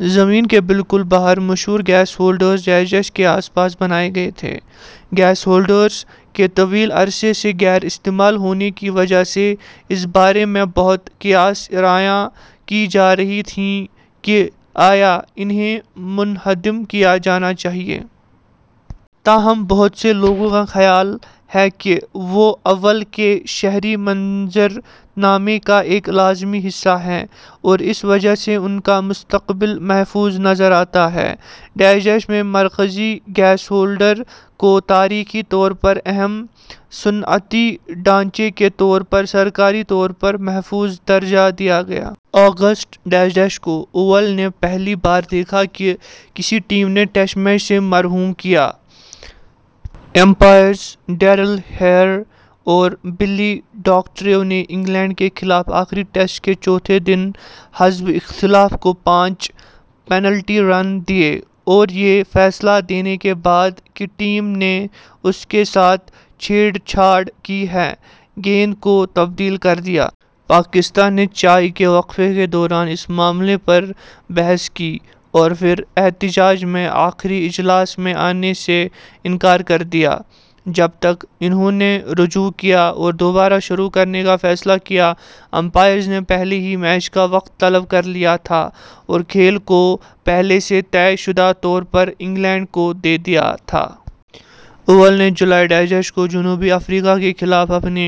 زمین کے بالکل باہر مشہور گیشولڈرز ء کے آس پاس بنائے گئے تھے۔ گیش ہولڈرز کے طویل عرصے سے غیر استعمال ہونے کی وجہ سے، اس بارے میں بہت قیاس آرائیاں کی جا رہی تھیں کہ آیا انھیں منہدم کیا جانا چاہیے۔ تاہم، بہت سے لوگوں کا خیال ہے کہ وہ اوول کے شہری منظر نامے کا ایک لازمی حصہ ہیں اور اس وجہ سے، ان کا مستقبل محفوظ نظر آتا ہے۔ ء میں مرکزی گیشولڈر کو تاریخی طور پر اہم صنعتی ڈھانچے کے طور پر سرکاری طور پر محفوظ درجہ دیا گیا۔ اگست ء کو، اوول نے پہلی بار دیکھا کہ کسی ٹیم نے ٹیسٹ میچ سے محروم کیا۔ امپائرز ڈیرل ہیئر اور بلی ڈاکٹرروو نے انگلینڈ کے خلاف آخری ٹیسٹ کے چوتھے دن حزب اختلاف کو پانچ پنالٹی رن دیے اور یہ فیصلہ دینے کے بعد کہ ٹیم نے اس کے ساتھ چھیڑ چھاڑ کی ہے، گیند کو تبدیل کر دیا۔ پاکستان نے چائے کے وقفے کے دوران اس معاملے پر بحث کی اور پھر احتجاج میں آخری اجلاس میں آنے سے انکار کر دیا۔ جب تک انھوں نے رجوع کیا اور دوبارہ شروع کرنے کا فیصلہ کیا، امپائرز نے پہلے ہی میچ کا وقت طلب کر لیا تھا اور کھیل کو پہلے سے طے شدہ طور پر انگلینڈ کو دے دیا تھا۔ اوول نے جولائی ء کو جنوبی افریقہ کے خلاف اپنے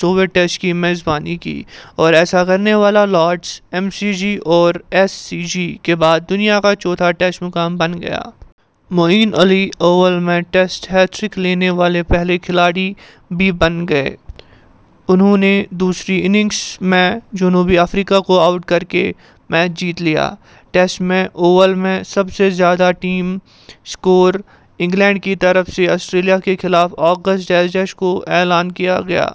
سوویں ٹیسٹ کی میزبانی کی اور ایسا کرنے والا لارڈز، ایم سی جی اور ایس سی جی کے بعد دنیا کا چوتھا ٹیسٹ مقام بن گیا۔ معین علی اوول میں ٹیسٹ ہیٹ ٹرک لینے والے پہلے کھلاڑی بھی بن گئے، انھوں نے دوسری اننگز میں جنوبی افریقہ کو آؤٹ کر کے میچ جیت لیا۔ ٹیسٹ میں، اوول میں سب سے زیادہ ٹیم سکور / انگلینڈ کی طرف سے آسٹریلیا کے خلاف اگست ء کو اعلان کیا گیا۔